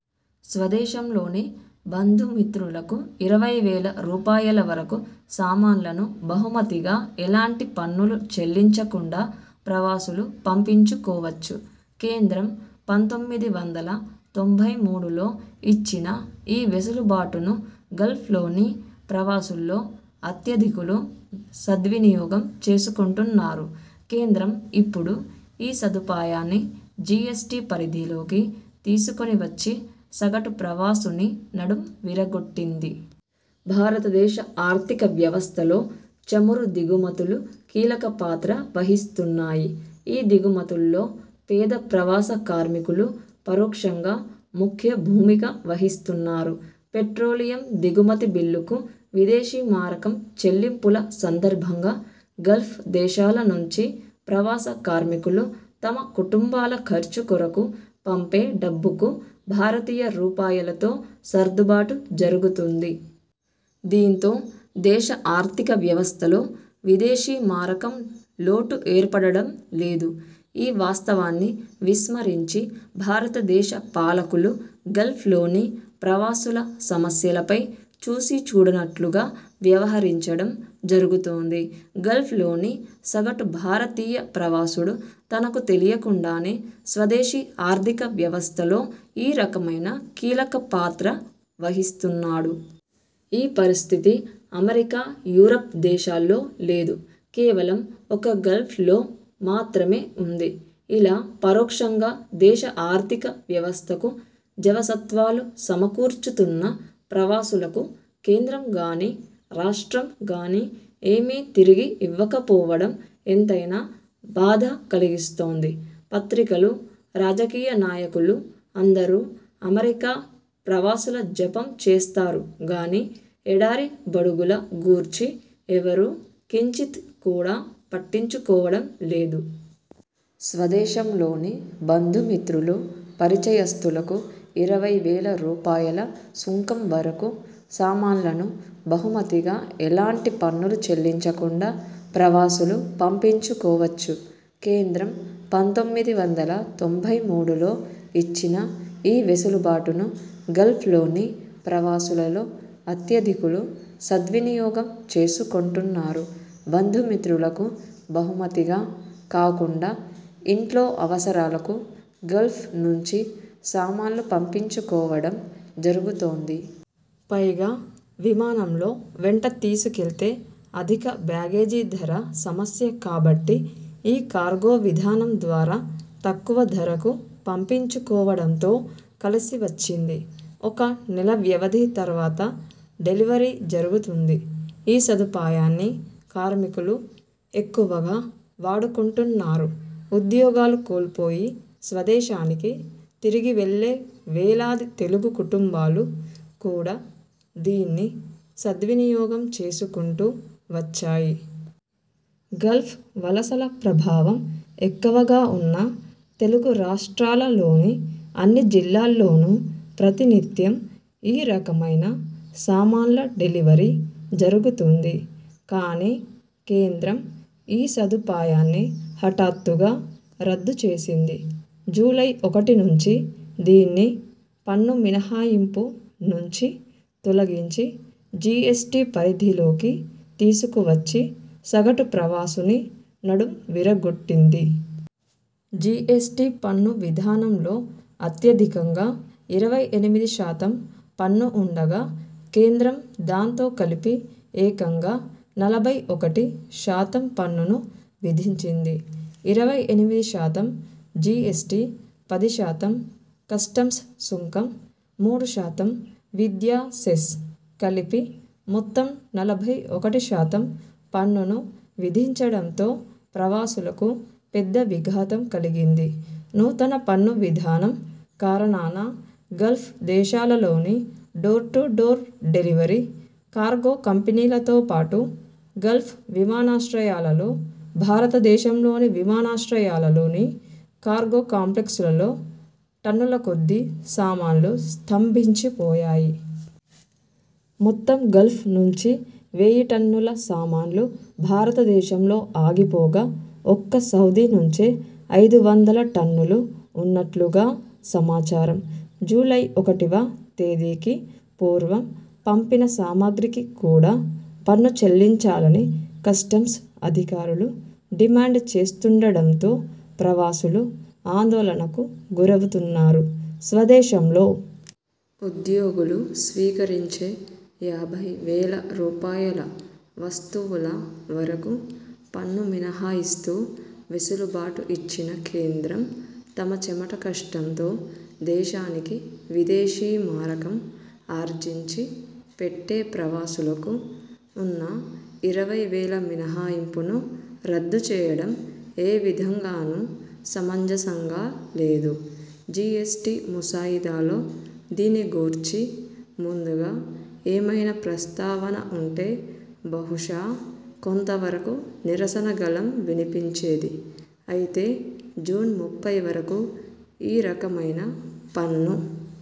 స్వదేశంలోని బంధుమిత్రులకు ఇరవై వేల రూపాయల వరకు సామాన్లను బహుమతిగా ఎలాంటి పన్నులు చెల్లించకుండా ప్రవాసులు పంపించుకోవచ్చు. కేంద్రం పంతొమ్మిది వందల తొంభై మూడులో ఇచ్చిన ఈ వెసులుబాటును గల్ఫ్లోని ప్రవాసుల్లో అత్యధికులు సద్వినియోగం చేసుకొంటున్నారు కేంద్రం ఇప్పుడు ఈ సదుపాయాన్ని జీఎస్టీ పరిధిలోకి తీసుకొని వచ్చి సగటు ప్రవాసుని నడుం విరగొట్టింది. భారతదేశ ఆర్థిక వ్యవస్థలో చమురు దిగుమతులు కీలకపాత్ర వహిస్తున్నాయి. ఈ దిగుమతుల్లో పేద ప్రవాస కార్మికులు పరోక్షంగా ముఖ్య భూమిక వహిస్తున్నారు. పెట్రోలియం దిగుమతి బిల్లుకు విదేశీమారకం చెల్లింపుల సందర్భంగా గల్ఫ్ దేశాల నుంచి ప్రవాస కార్మికులు తమ కుటుంబాల ఖర్చు కొరకు పంపే డబ్బుకు భారతీయ రూపాయలతో సర్దుబాటు జరుగుతుంది. దీంతో దేశ ఆర్థిక వ్యవస్థలో విదేశీ మారకం లోటు ఏర్పడడం లేదు. ఈ వాస్త వాన్ని విస్మరించి భారతదేశ పాలకులు గల్ఫ్లోని ప్రవాసుల సమస్యలపై చూసీచూడనట్లుగా వ్యవహరించడం జరుగుతోంది. గల్ఫ్లోని సగటు భారతీయ ప్రవాసుడు తనకు తెలియకుండానే స్వదేశీ ఆర్థికవ్యవస్థలో ఈ రకమైన కీలక పాత్ర వహిస్తున్నాడు. ఈ పరిస్థితి అమెరికా, యూరోప్ దేశాల్లో లేదు, కేవలం ఒక్క గల్ఫ్లో మాత్రమే ఉంది. ఇలా పరోక్షంగా దేశ ఆర్థిక వ్యవస్థకు జవసత్వాలు సమకూర్చుతున్న ప్రవాసులకు కేంద్రం గానీ, రాష్ట్రం గానీ ఏమీ తిరిగి ఇవ్వకపోవడం ఎంతైనా బాధ కల్గిస్తోంది. పత్రికలు, రాజకీయ నాయ కులు అందరూ అమెరికా ప్రవాసుల జపం చేస్తారు గానీ ఎడారి బడుగుల గూర్చి ఎవరూ కించిత్ కూడా పట్టించుకోవడం లేదు. స్వదేశంలోని బంధుమిత్రులు, పరిచయస్తులకు ఇరవైవేల రూపాయల సుంకం వరకు సామాన్లను బహుమతిగా ఎలాంటి పన్నులు చెల్లించకుండా ప్రవాసులు పంపించుకోవచ్చు కేంద్రం పంతొమ్మిది వందల తొంభై మూడులో ఇచ్చిన ఈ వెసులుబాటును గల్ఫ్లోని ప్రవాసులలో అత్యధికులు సద్వినియోగం చేసుకొంటున్నారు బంధుమిత్రులకు బహుమతిగా కాకుండా ఇంట్లో అవసరాలకు గల్ఫ్ నుంచి సామాన్లు పంపించుకోవడం జరుగుతోంది. పైగా విమానంలో వెంట తీసుకెళితే అధిక బ్యాగేజీ ధర సమస్య కాబట్టి ఈ కార్గో విధానంద్వారా తక్కువ ధరకు పంపించుకోవడంతో కలిసి వచ్చింది. ఒక నెల వ్యవధి తర్వాత డెలివరీ జరుగుతుంది. ఈ సదుపాయాన్ని కార్మికులు ఎక్కువగా వాడుకొంటున్నారు. ఉద్యోగాలు కోల్పోయి స్వదేశానికి తిరిగివెళ్ళే వేలాది తెలుగు కుటుంబాలు కూడా దీన్ని సద్వినియోగం చేసుకుంటూ వచ్చాయి. గల్ఫ్ వలసల ప్రభావం ఎక్కవగా ఉన్న తెలుగు రాష్ట్రాలలోని అన్ని జిల్లాల్లోనూ ప్రతినిత్యం ఈ రకమైన సామాన్ల డెలివరీ జరుగుతుంది. కానీ కేంద్రం ఈ సదుపాయాన్ని హఠాత్తుగా రద్దు చేసింది. జూలై ఒకటి నుంచి దీన్ని పన్ను మినహాయింపు నుంచి తొలగించి జీఎస్టీ పరిధిలోకి తీసుకువచ్చి సగటు ప్రవాసుని నడుం విరగొట్టింది. జీఎస్టీ పన్ను విధానంలో అత్యధికంగా ఇరవై ఎనిమిది శాతం పన్ను ఉండగా కేంద్రం దాంతో కలిపి ఏకంగా నలభై ఒకటి శాతం పన్నును విధించింది ఇరవై ఎనిమిది శాతం జీఎస్టీ, పది శాతం కస్టమ్స్ సుంకం, మూడు శాతం విద్యా సెస్ కలిపి మొత్తం నలభై ఒకటి శాతం పన్నును విధించడంతో ప్రవాసులకు పెద్ద విఘాతం కలిగింది నూతన పన్ను విధానం కారణాన గల్ఫ్ దేశాలలోని door to door delivery cargo కంపెనీలతో పాటు గల్ఫ్ విమానాశ్రయాలలో, భారతదేశంలోని విమానాశ్రయాలలోని కార్గో కాంప్లెక్సులలో టన్నుల కొద్ది సామాన్లు స్తంభించిపోయాయి. మొత్తం గల్ఫ్ నుంచి వేయి టన్నుల సామాన్లు భారతదేశంలో ఆగిపోగా ఒక్క సౌదీ నుంచే ఐదు వందల టన్నులు ఉన్నట్లుగా సమాచారం జూలై ఒకటివ తేదీకి పూర్వం పంపిన సామాగ్రికి కూడా పన్ను చెల్లించాలని కస్టమ్స్ అధికారులు డిమాండ్ చేస్తుండడంతో ప్రవాసులు ఆందోళనకు గురవుతున్నారు స్వదేశంలో ఉద్యోగులు స్వీకరించే యాభైవేల రూపాయల వస్తువుల వరకు పన్ను మినహాయిస్తూ వెసులుబాటు ఇచ్చిన కేంద్రం, తమ చెమట కష్టంతో దేశానికి విదేశీ మారకం ఆర్జించి పెట్టే ప్రవాసులకు ఉన్న ఇరవైవేల మినహాయింపును రద్దుచేయడం ఏ విధంగానూ సమంజసంగా లేదు జీఎస్టీ ముసాయిదాలో దీనిగూర్చి ముందుగా ఏమైనా ప్రస్తావన ఉంటే బహుశా కొంత వరకు నిరసన గళం వినిపించేది. అయితే జూన్ ముప్పై వరకు ఈ రకమైన పన్ను